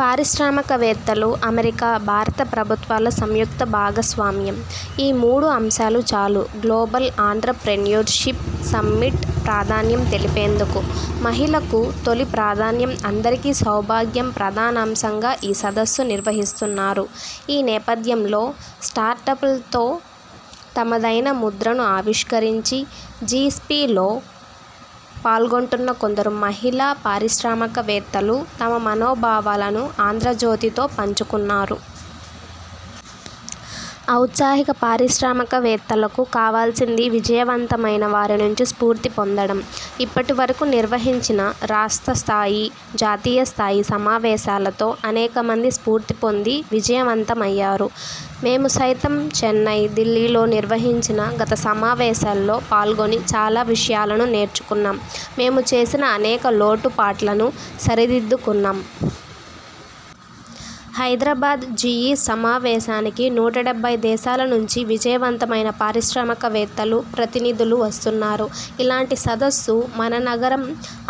పారిశ్రామికవేత్తలు అమెరికా, భారత ప్రభుత్వాల సంయుక్త భాగస్వామ్యం. ఈ మూడు అంశాలు చాలు గ్లోబల్ ఆంత్రప్రెన్యూర్షిప్ సమ్మిట్ ప్రాధాన్యం తెలిపేందుకు. మహిళకు తొలి ప్రాధాన్యం అందరికీ సౌభాగ్యం ప్రధానాంశంగా ఈ సదస్సు నిర్వహిస్తున్నారు. ఈ నేపథ్యంలో స్టార్ట్పలతో తమదైన ముద్రను ఆవిష్కరించి, జిఈ్సలో పాల్గొంటున్న కొందరు మహిళా పారిశ్రామికవేత్తలు తమ మనోభావాలను ఆంధ్రజ్యోతితో పంచుకున్నారు. ఔత్సాహిక పారిశ్రామికవేత్తలకు కావాల్సింది విజయవంతమైన వారినుంచి స్ఫూర్తి పొందడం. ఇప్పటి వరకు నిర్వహించిన రాష్ట్రస్థాయి, జాతీయ స్థాయి సమావేశాలతో అనేకమంది స్ఫూర్తి పొంది విజయవంతమయ్యారు. మేము సైతం చెన్నై, దిల్లీలో నిర్వహించిన గత సమావేశాల్లో పాల్గొని చాలా విషయాలను నేర్చుకున్నాం. మేము చేసిన అనేక లోటు పాట్లను సరిదిద్దుకున్నాం. హైదరాబాద్ జిఈ సమావేశానికి నూట డెబ్బై దేశాలనుంచి విజయవంతమైన పారిశ్రామికవేత్తలు, ప్రతినిధులు వస్తున్నారు. ఇలాంటి సదస్సు మన నగరం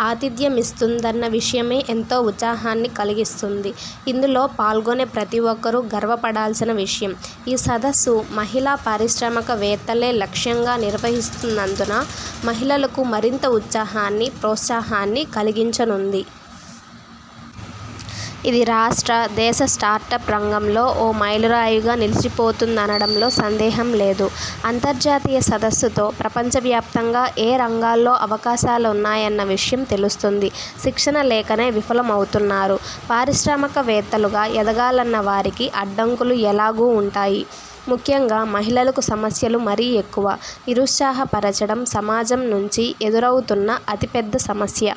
ఆతిథ్యమిస్తుందన్న విషయమే ఎంతో ఉత్సాహాన్ని కలిగిస్తోంది. ఇందులో పాల్గొనే ప్రతి ఒక్కరూ గర్వపడాల్సిన విషయం. ఈ సదస్సు మహిళా పారిశ్రామికవేత్తలే లక్ష్యంగా నిర్వహిస్తున్నందున మహిళలకు మరింత ఉత్సాహాన్ని, ప్రోత్సాహాన్ని కలిగించనుంది. ఇది రాష్ట్ర, దేశ స్టార్టప్ రంగంలో ఓ మైలురాయిగా నిలిచిపోతుందనడంలో సందేహం లేదు. అంతర్జాతీయ సదస్సుతో ప్రపంచవ్యాప్తంగా ఏ రంగాల్లో అవకాశాలున్నాయన్న విషయం తెలుస్తుంది. శిక్షణ లేకనే విఫలమవుతున్నారు .పారిశ్రామికవేత్తలుగా ఎదగాలన్న వారికి అడ్డంకులు ఎలాగూ ఉంటాయి. ముఖ్యంగా మహిళలకు సమస్యలు మరీ ఎక్కువ. నిరుత్సాహపరచడం సమాజం నుంచి ఎదురవుతున్న అతిపెద్ద సమస్య.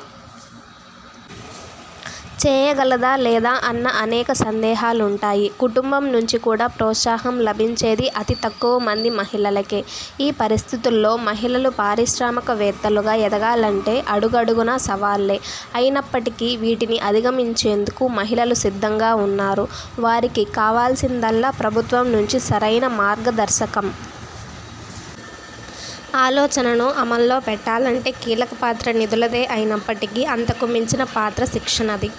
చేయగలదా లేదా అన్న అనేక సందేహాలుంటాయి. కుటుంబం నుంచి కూడా ప్రోత్సాహం లభించేది అతి తక్కువ మంది మహిళలకే. ఈ పరిస్థితుల్లో మహిళలు పారిశ్రామికవేత్తలుగా ఎదగాలంటే అడుగడుగునా సవాళ్లే. అయినప్పటికీ వీటిని అధిగమించేందుకు మహిళలు సిద్ధంగా ఉన్నారు. వారికి కావాల్సిందల్లా ప్రభుత్వం నుంచి సరైన మార్గదర్శకం. ఆలోచనను అమల్లో పెట్టాలంటే కీలకపాత్ర నిధులదే అయినప్పటికీ అంతకుమించిన పాత్ర శిక్షణది.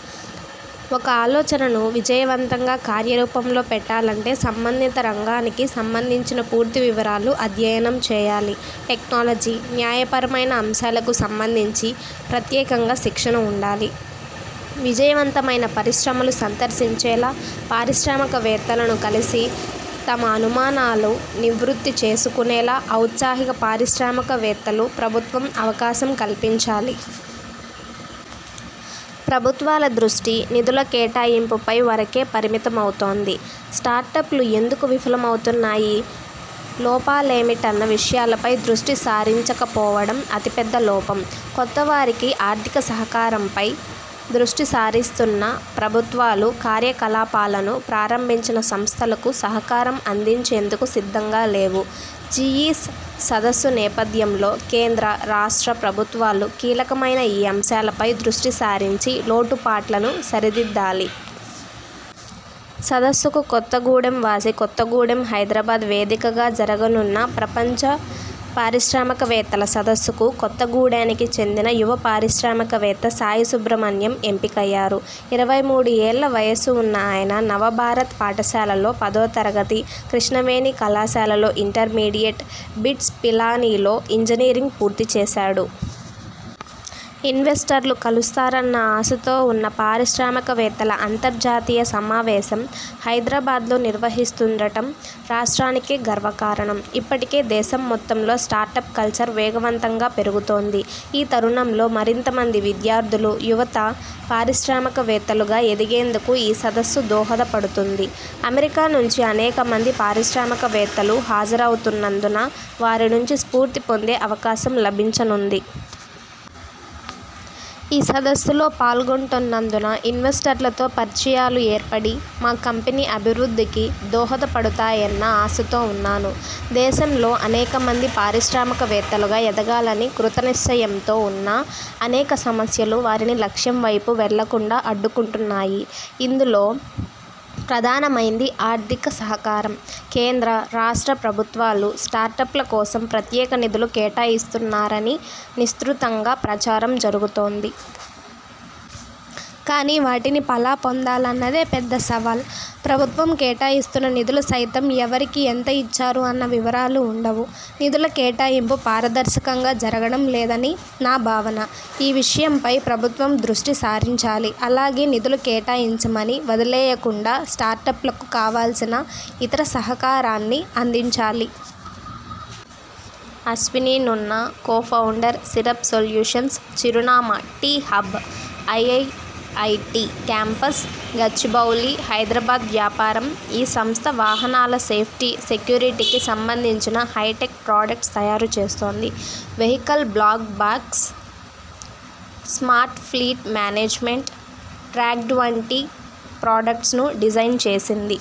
ఒక ఆలోచనను విజయవంతంగా కార్యరూపంలో పెట్టాలంటే సం బంధిత రంగానికి సంబంధించిన పూర్తి వివరాలు అధ్యయనం చేయాలి. టెక్నాలజీ, న్యాయపరమైన అంశాలకు సంబంధించి ప్రత్యేకంగా శిక్షణ ఉండాలి. విజయవంతమైన పరిశ్రమలు సందర్శించేలా, పారిశ్రామికవేత్తలను కలిసి తమ అనుమానాలు నివృత్తి చేసుకునేలా ఔత్సాహిక పారిశ్రామికవేత్తలు ప్రభుత్వం అవకాశం కల్పించాలి. ప్రభుత్వాల దృష్టి నిధుల కేటాయింపు పై వరకే పరిమితమవుతోంది. స్టార్ట్పలు ఎందుకు విఫలమవుతున్నాయి.? లోపాలేమిటన్న విషయాలపై దృష్టి సారించకపోవడం అతిపెద్ద లోపం. కొత్తవారికి ఆర్థిక సహకారంపై దృష్టి సారిస్తున్న ప్రభుత్వాలు కార్యకలాపాలను ప్రారంభించిన సంస్థలకు సహకారం అందించేందుకు సిద్దంగా లేవు. జిఈస్ సదస్సు నేపథ్యంలో కేంద్ర, రాష్ట్ర ప్రభుత్వాలు కీలకమైన ఈ అంశాలపై దృష్టి సారించి లోటు పాట్లను సరిదిద్దాలి. సదస్సుకు కొత్తగూడెం వాసి కొత్తగూడెం హైదరాబాద్ వేదికగా జరగనున్న ప్రపంచ పారిశ్రామికవేత్తల సదస్సుకు కొత్తగూడేనికి చెందిన యువ పారిశ్రామికవేత్త సాయి సుబ్రమణ్యం ఎంపికయ్యారు. ఇరవై మూడు ఏళ్ల వయస్సు ఉన్న ఆయన నవభారత్ పాఠశాలలో పదో తరగతి, కృష్ణవేణి కళాశాలలో ఇంటర్మీడియట్, బిట్స్ పిలానీలో ఇంజనీరింగ్ పూర్తిచేశాడు. ఇన్వెస్టర్లు కలుస్తారన్న ఆశతో ఉన్నా పారిశ్రామికవేత్తల అంతర్జాతీయ సమావేశం హైదరాబాద్లో నిర్వహిస్తుండటం రాష్ట్రానికే గర్వకారణం. ఇప్పటికే దేశం మొత్తంలో స్టార్టప్ కల్చర్ వేగవంతంగా పెరుగుతోంది. ఈ తరుణంలో మరింత మంది విద్యార్థులు, యువత పారిశ్రామికవేత్తలుగా ఎదిగేందుకు ఈ సదస్సు దోహదపడుతుంది. అమెరికా నుంచి అనేక మంది పారిశ్రామికవేత్తలు హజరవుతున్నందున వారినుంచి స్ఫూర్తి పొందే అవకాశం లభించనుంది. ఈ సదస్సులో పాల్గొంటున్నందున ఇన్వెస్టర్లతో పరిచయాలు ఏర్పడి మా కంపెనీ అభివృద్ధికి దోహదపడుతాయన్న ఆశతో ఉన్నాను. దేశంలో అనేకమంది పారిశ్రామికవేత్తలుగా ఎదగాలని కృతనిశ్చయంతో ఉన్నా అనేక సమస్యలు వారిని లక్ష్యం వైపు వెళ్లకుండా అడ్డుకుంటున్నాయి. ఇందులో ప్రధానమైంది ఆర్థిక సహకారం. కేంద్ర, రాష్ట్ర ప్రభుత్వాలు స్టార్టప్ల కోసం ప్రత్యేక నిధులు కేటాయిస్తున్నారని విస్తృతంగా ప్రచారం జరుగుతోంది. కానీ వాటిని పలా పొందాలన్నదే పెద్ద సవాల్. ప్రభుత్వం కేటాయిస్తున్న నిధులు సైతం ఎవరికి, ఎంత ఇచ్చారు అన్న వివరాలు ఉండవు. నిధుల కేటాయింపు పారదర్శకంగా జరగటం లేదని నా భావన. ఈ విషయంపై ప్రభుత్వం దృష్టి సారించాలి. అలాగే నిధులు కేటాయించమని వదిలేయకుండా స్టార్ట్పలకు కావాల్సిన ఇతర సహకారాన్నీ అందించాలి. Ashwini Nunna, co founder, syrup solutions చిరునామా T. Hub, IIIT campus, Gachibowli, Hyderabad వ్యాపారం ఈ సంస్థ వాహనల సేఫ్టీ, సెక్యూరిటీకి సంబంధించిన హైటెక్ ప్రాడక్ట్స్ తయారు చేస్తోంది. Vehicle black box, smart fleet management, ట్రాక్డ్వంటి ప్రాడక్ట్స్ను డిజైన్ చేసింది.